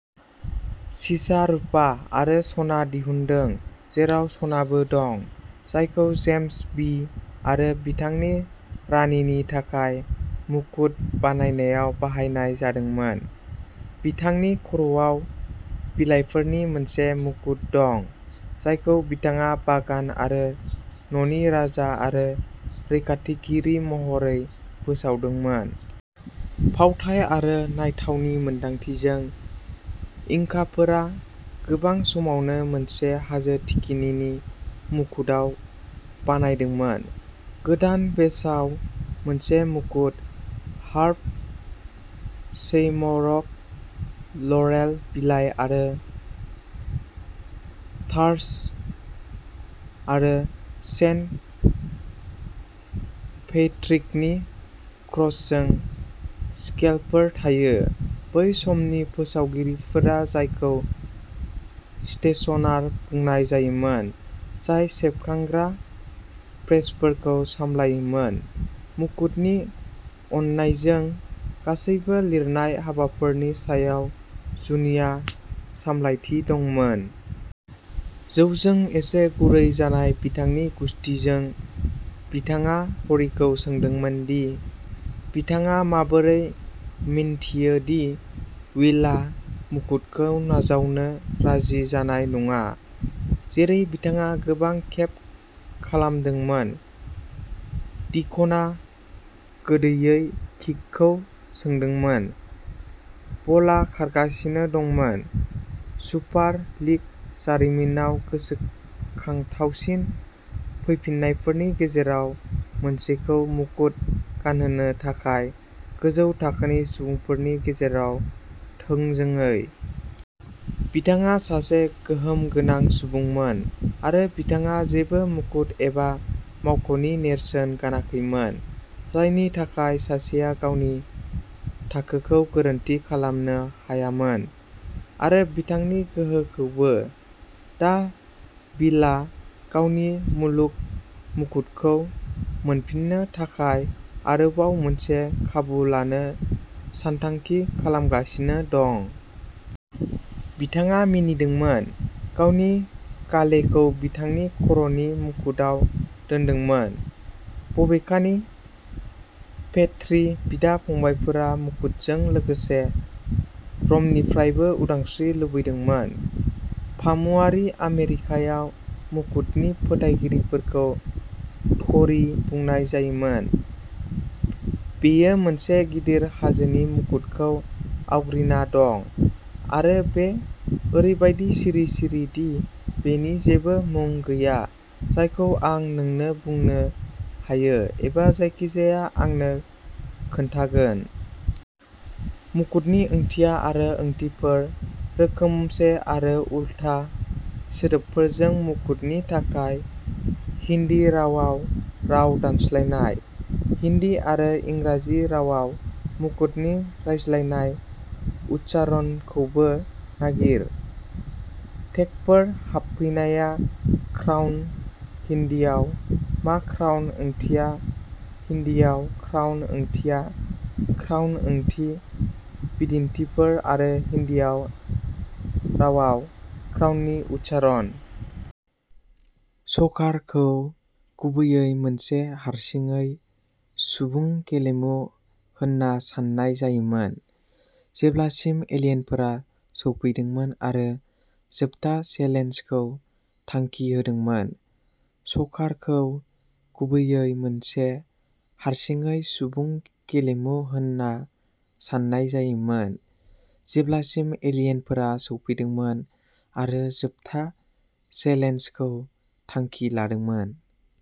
सीसा, रुपा आरो सना दिहुनदों, जेराव सनाबो दं, जायखौ जेम्स भि आरो बिथांनि रानिनि थाखाय मुकुट बानायनायाव बाहायनाय जादोंमोन। बिथांनि खर'आव बिलाइफोरनि मोनसे मुकुट दं, जायखौ बिथाङा बागान आरो न'नि राजा आरो रैखाथिगिरि महरै फोसावदोंमोन। फावथाइ आरो नायथावनि मोनदांथिजों, इंकाफोरा गोबां समावनो मोनसे हाजो थिखिनिनि मुकुटआव बानायदोंमोन। गोदान बेजआव मोनसे मुकुट, हार्प, शैमरक, लरेल बिलाइ आरो टार्च आरो सेन्ट पैट्रिकनि क्रसजों स्केलफोर थायो। बै समसिम फोसावगिरिफोरा जायखौ स्टेशनार बुंनाय जायोमोन जाय सेबखांग्रा प्रेसफोरखौ सामलायोमोन मुकुटनि अननायजों गासैबो लिरनाय हाबाफोरनि सायाव जुनिया सामलायथि दंमोन। जौजों एसे गुरै जानाय बिथांनि गुसथिफोरजों, बिथाङा हरिखौ सोंदोंमोन दि बिथाङा माबोरै मिन्थियो दि विलआ मुकुटखौ नाजावनो राजि जानाय नङा। जेरै बिथाङा गोबां खेब खालामदोंमोन डिक'ना गोदैयै किकखौ सोदोंमोन बलआ खारगासिनो दंमोन। सुपार लीग जारिमिनाव गोसोखांथावसिन फैफिन्नायफोरनि गेजेराव मोनसेखौ मुकुट गानहोनो थाखाय गोजौ थाखोनि सुबुंफोरनि गेजेराव थोंजोङै। बिथाङा सासे गोहोम गोनां सुबुंमोन, आरो बिथाङा जेबो मुकुट एबा मावख'नि नेरसोन गानाखैमोन जायनि थाखाय सासेया गावनि थाखोखौ गोरोन्थि खालामनो हायामोन आरो बिथांनि गोहोखौबो दा बिलआ गावनि मुलुग मुकुटखौ मोनफिन्नो थाखाय आरोबाव मोनसे खाबु लानो सानथांखि खालामगासिनो दं। बिथाङा मिनिदोंमोन गावनि गालेखौ बिथांनि खर'नि मुकुटआव दोन्दोंमोन। बबेखानि पेट्री बिदा-फंबायफोरा मुकुटजों लोगोसे र'मनिफ्रायबो उदांस्रि लुबैदोंमोन। फामुवारि आमेरिकायाव मुकुटनि फोथायगिरिफोरखौ ट'री बुंनाय जायोमोन। बेयो मोनसे गिदिर हाजोनि मुकुटखौ आवग्रिना दं आरो बेयो ओरैबादि सिरि-सिरि दि बेनि जेबो मुं गैया जायखौ आं नोंनो बुंनो हायो एबा जायखिजाया आंनो खोन्थागोन। मुकुटनि ओंथिया आरो ओंथिफोर, रोखोमसे आरो उल्था सोदोबफोरजों मुकुटनि थाखाय हिन्दी रावाव राव दानस्लायनाय हिन्दी आरो इंराजि रावाव मुकुटनि रायज्लायनाय उच्चारणखौबो नागिर। टेगफोर हाबफैनाया क्राउन हिन्दीआव मा क्राउन ओंथिया, हिन्दीआव क्राउन ओंथिया, क्राउन ओंथि, बिदिन्थिफोर आरो हिन्दी रावाव क्राउननि उच्चारण। सकार खौ गुबैयै मोनसे हारसिङै सुबुं गेलेमु होनना सान्नाय जायोमोन जेब्लासिम एलियनफोरा सौफैदोंमोन आरो जोबथा चेलेन्जखौ थांखि होदोंमोन। सकार खौ गुबैयै मोनसे हारसिङै सुबुं गेलेमु होन्ना सान्नाय जायोमोन जेब्लासिम एलियनफोरा सौफैदोंमोन आरो जोबथा चेलेन्जखौ थांखि लादोंमोन।